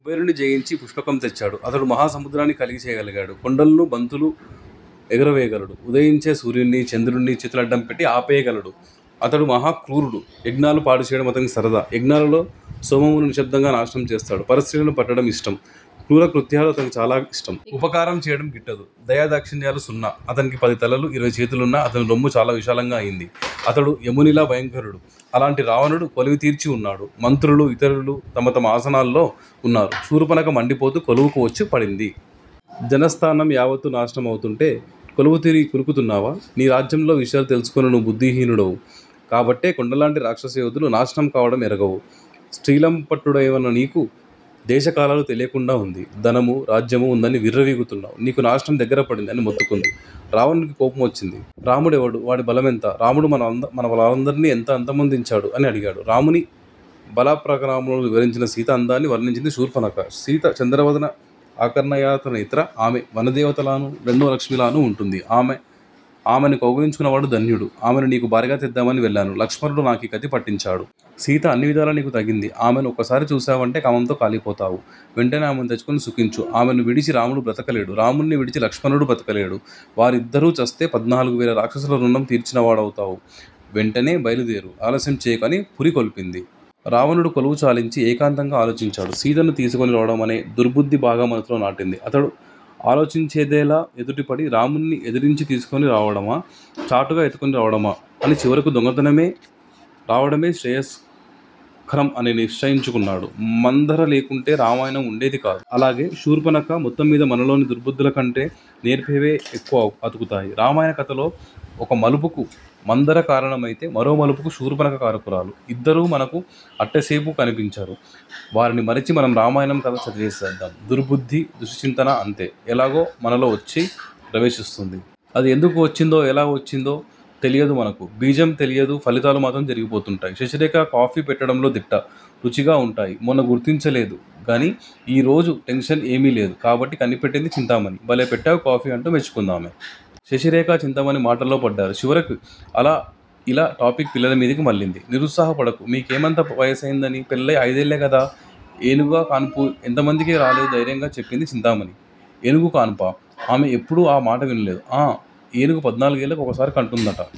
కుబేరుణ్ని జయించి పుష్పకం తెచ్చాడు. అతడు మహా సముద్రాన్ని కలిచెయ్యగలడు. కొండల్ను బంతుల్లా ఎగురవేయగలడు. ఉదయించే సూర్యుణ్ణీ, చంద్రుణ్ణి చేతులడ్డంపెట్టి ఆపేయగలడు. అతడు మహా క్రూరుడు. యజ్ఞాలు పాడుచేయడం అతనికి సరదా. యజ్ఞాల్లో సోమమును నిశ్శబ్దంగా నాశనం చేస్తాడు. పరస్త్రీలను పట్టడం ఇష్టం. క్రూరకృత్యాలు అతనికి చాల ఇష్టం. ఉపకారం చేయడం గిట్టదు. దయాదాక్షిణ్యాలు సున్నా. అతనికి పదితలలు, ఇరవై చేతులున్నా, అతని రొమ్ము చాల విశాలం అయింది. అతడు యమునిలా భయంకరుడు. అలాంటి రావణుడు కొలువు తీర్చి ఉన్నాడు. మంత్రులూ ఇతరులూ తమ తమ ఆసనాల్లో ఉన్నారు. శూర్పణఖ మండిపోతూ కొలువుకు వచ్చి పడింది. జనస్థానం యావత్తూ నాశనం అవుతుంటే కొలువుతీరి కులుకుతున్నావా? నీ రాజ్యంలో విషయాలు తెల్సుకోలేని నువ్వు బుద్దిహీనుడవు. కాబట్టే కొండల్లాంటి రాక్షసయోధులు నాశనం కావడం ఎరుగవు. స్త్రీలంపటుడవైన నీకు దేశకాలాలు తెలియకుండా ఉంది. ధనమూ, రాజ్యమూ ఉందని విర్రవీగుతున్నావు. నీకు నాశనం దగ్గరపడింది అని మొత్తుకుంది. రావణునికి కోపం వచ్చింది. 'రాముడెవడు? వాడి బలం ఎంత? రాముడు మనవాళ్లనందర్నీ ఎలా అంతమొందించాడు? అని అడిగాడు. రాముని బలపరాక్రమాల్ను వివరించి సీత అందాన్ని వర్ణించింది శూర్పణఖ. సీత చంద్రవదన ఆకర్ణాయతనేత్ర. ఆమె వనదేవతలానూ, రెండోలక్ష్మిలానూ ఉంటుంది. ఆమెను కౌగలించుకున్నవాడు ధన్యుడు. ఆమెను నీకు భార్యగా తెద్దామని వెళ్లాను. లక్ష్మణుడు నాకీ గతి పట్టించాడు. సీత అన్నివిధాలా నీకు తగింది. ఆమెను ఒక్కసారి చూశావంటే కామంతో కాలిపోతావు. వెంటనే ఆమెను తెచ్చుకొని సుఖించు. ఆమెను విడిచి రాముడు బ్రతకలేడు. రాముణ్ని విడిచి లక్ష్మణుడు బ్రతకలేడు. వారిద్దరూ చస్తే పధ్నాలుగు వేల రాక్షసుల ఋణం తీర్చినవాడవు అవుతావు. వెంటనే బయల్దేరు. ఆలస్యం చేయకు అని పురికొల్పింది. రావణుడు కొలువు చాలించి ఏకాంతంగా ఆలోచించాడు. సీతను తీసుకొని రావడం అనే దుర్భుద్ది బాగా మనసులో నాటింది. అతడు ఆలోచించేదల్లా ఎదుటపడి రాముణ్ని ఎదిరించి తీసుకొని రావడమా? చాటుగా ఎత్తుకొని రావడమా? అని చివరికి దొంగతనంగా రావడమే శ్రేయస్కరం అని నిశ్చయించుకున్నాడు. మంధరలేకుంటే రామాయణం ఉండేదికాదు. అలాగే శూర్పణఖా. మొత్తమీద మనలోని దుర్భుద్దులకంటె నేర్పేవే ఎక్కువ అతుకుతాయి. రామాయణ కథలోని ఒక మలుపుకు మంధర కారణం అయితే మరో మలుపుకు శూర్పణఖ కారకురాలు. ఇద్దరూ మనకు అట్టేసేపు కనిపించరు. వారిని మరిచి మనం రామాయణం కథ చదివేస్తాం. దుర్భుద్దీ, దుష్టచింతనా అంతే! ఎలాగో మనలోవచ్చి ప్రవేశిస్తుంది. అది ఎందుకు వచ్చిందో ఎలా వచ్చిందో తెలియదు మనకు. బీజం తెలియదు ఫలితాలు మాత్రం జరిగిపోతుంటాయి. శశిరేఖ కాఫీ పెట్టడంలో దిట్ట. రుచిగా వుంటాయి. మొన్న గుర్తించలేదు గనీ ఈ రోజు టెన్షన్ ఏమీ లేదు కాబట్టి కనిపెట్టింది చింతామణి. భలే పెట్టావ్ కాఫీ అంటూ మెచ్చుకుందామె. శశిరేఖ- చింతామణి మాటల్లో పడ్డారు. చివరికి అలా ఇలా టాపిక్ పిల్లలమీదకి మళ్ళింది. నిరుత్సాహపడకు. మీకేమంత వయసైందని? పెళ్ళయి అయిదేళ్ళే గదా! ఏనుగుకాన్పు ఎంతమందికి రాలేదు ధైర్యంగా చెప్పింది చింతామణి. ఏనుగుకాన్పా? ఆమె ఎప్పుడూ ఆ మాట వినలేదు. ఆం! ఏనుగు పధ్నాలుగేళ్ళకి ఓసారి కంటుందంట.